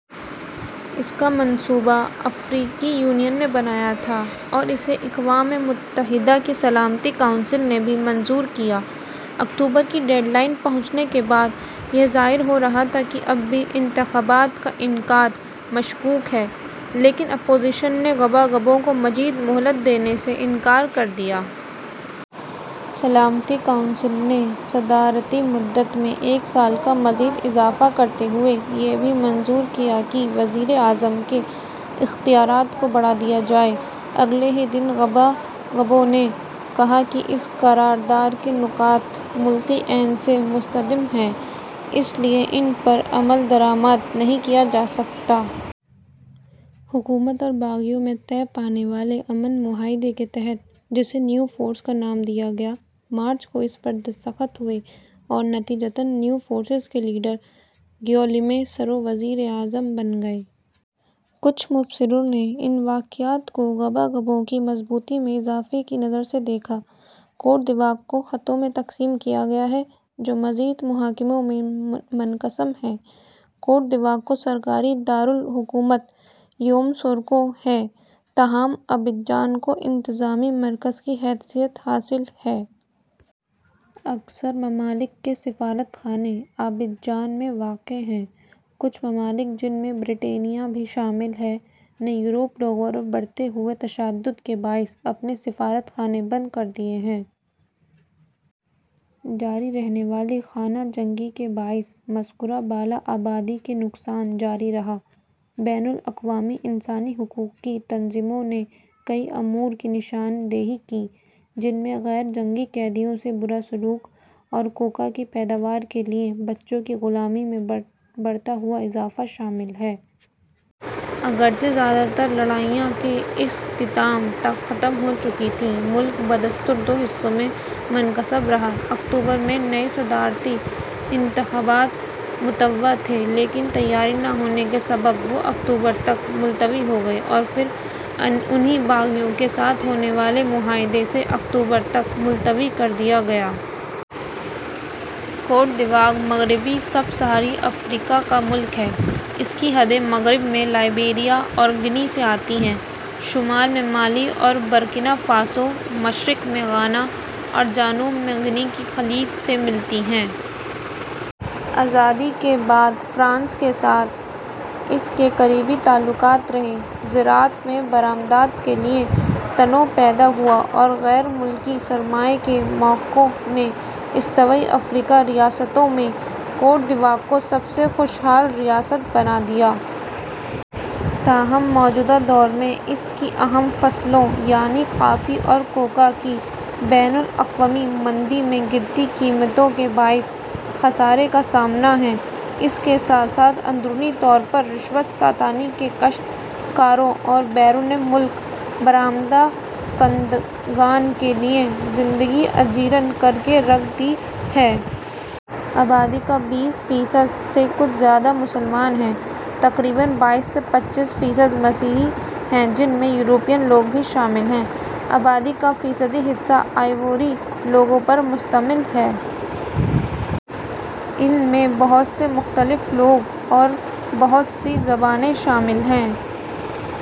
اس کا منصوبہ افریقی یونین نے بنایا تھا اور اسے اقوام متحدہ کی سلامتی کونسل نے بھی منظور کیا۔ اکتوبر کی ڈیڈ لائن پہنچنے کے بعد یہ ظاہر ہو رہا تھا کہ اب بھی انتخابات کا انعقاد مشکوک ہے لیکن اپوزیشن نے گباگبو کو مزید مہلت دینے سے انکار کر دیا۔ سلامتی کونسل نے صدارتی مدت میں ایک سال کا مزید اضافہ کرتے ہوئے یہ بھی منظور کیا کہ وزیر اعظم کے اختیارات کو بڑھا دیا جائے۔ اگلے ہی دن گباگبو نے کہا کہ اس قراردار کے نکات ملکی آئین سے متصادم ہیں اس لیے ان پر عملدرامد نہیں کیا جا سکتا۔ حکومت اور باغیوں میں طے پانے والے امن معاہدے کے تحت، جسے نیو فورس کا نام دیا گیا، مارچ کو اس پر دستخط ہوئے اور نتیجتاً نیوفورسز کے لیڈر گویلیام سورو وزیر اعظم بن گئے۔ کچھ مبصروں نے ان واقعات کو گباگبو کی مضبوطی میں اضافے کی نظر سے دیکھا۔ کوت دیواغ کو خطوں میں تقسیم کیا گیا ہے جو مزید محکموں میں منقسم ہیں۔ سے کوت دیواغ کا سرکاری دار الحکومت یاموسوکرو ہے تاہم عابدجان کو انتظامی مرکز کی حیثیت حاصل ہے۔ اکثر ممالک کے سفارت خانے عابدجان میں واقع ہیں۔ کچھ ممالک جن میں برطانیہ بھی شامل ہے، نے یورپی لوگوں پر بڑھتے ہوئے تشدد کے باعث اپنے سفارت خانے بند کر دیے ہیں۔ جاری رہنے والی خانہ جنگی کے باعث متذکرہ بالا آبادی کا نقصان جاری رہا۔ بین الاقوامی انسانی حقوق کی تنظیموں نے کئی امور کی نشان دہی کی جن میں غیر جنگی قیدیوں سے برا سلوک اور کوکا کی پیداوار کے لیے بچوں کی غلامی میں بڑھتا ہوا اضافہ شامل ہیں۔ اگرچہ زیادہ تر لڑائیاں کے اختتام تک ختم ہو چکی تھیں، ملک بدستور دو حصوں میں منقسم رہا۔ اکتوبر میں نئے صدارتی انتخابات متوقع تھے لیکن لیکن تیاریاں نہ ہونے کے سبب وہ اکتوبر تک ملتوی ہو گئے اور پھر انھیں باغیوں کے ساتھ ہونے والے معاہدے سے اکتوبر تک ملتوی کر دیا گیا۔ کوت دیواغ مغربی سب صحارائی افریقہ کا ملک ہے۔ اس کی حدیں مغرب میں لائیبریا اور گی آنا سے، شمال میں مالی اور برکینا فاسو، مشرق میں گھانا اور جنوب میں گی آنا کی خلیج سے ملتی ہیں۔ میں آزادی کے بعد سے فرانس کے ساتھ اس کے قریبی تعلقات رہے۔ زراعت میں برآمدات کے لے تنوع پیدا ہوا اور غیر ملکی سرمائے کے موقعوں نے استوائی افریقی ریاستوں میں کوت دیواغ کو سب سے خوش حال ریاست بنا دیا۔ تاہم موجودہ دور میں اس کی اہم فصلوں یعنی کافی اور کوکا کی بین الاقوامی منڈی میں گرتی قیمتوں کے باعث خسارے کا سامنا ہے۔ اس کے ساتھ ساتھ اندرونی طور پر رشوت ستانی نے کاشتکاروں اور بیرون ملک برآمد کنندگان کے لیے زندگی اجیرن کرکے رکھ دی ہے۔ آبادی کا بیس فی صد سے کچھ زائد مسلمان ہیں۔ تقریباً بائیس سے پچیس فی صد مسیحی ہیں جن میں یورپی لوگ بھی شامل ہیں۔ آبادی کا فیصدی حصہ آئیوری لوگوں پر مشتمل ہے۔ ان میں بہت سے مختلف لوگ اور بہت سی زبانیں شامل ہیں۔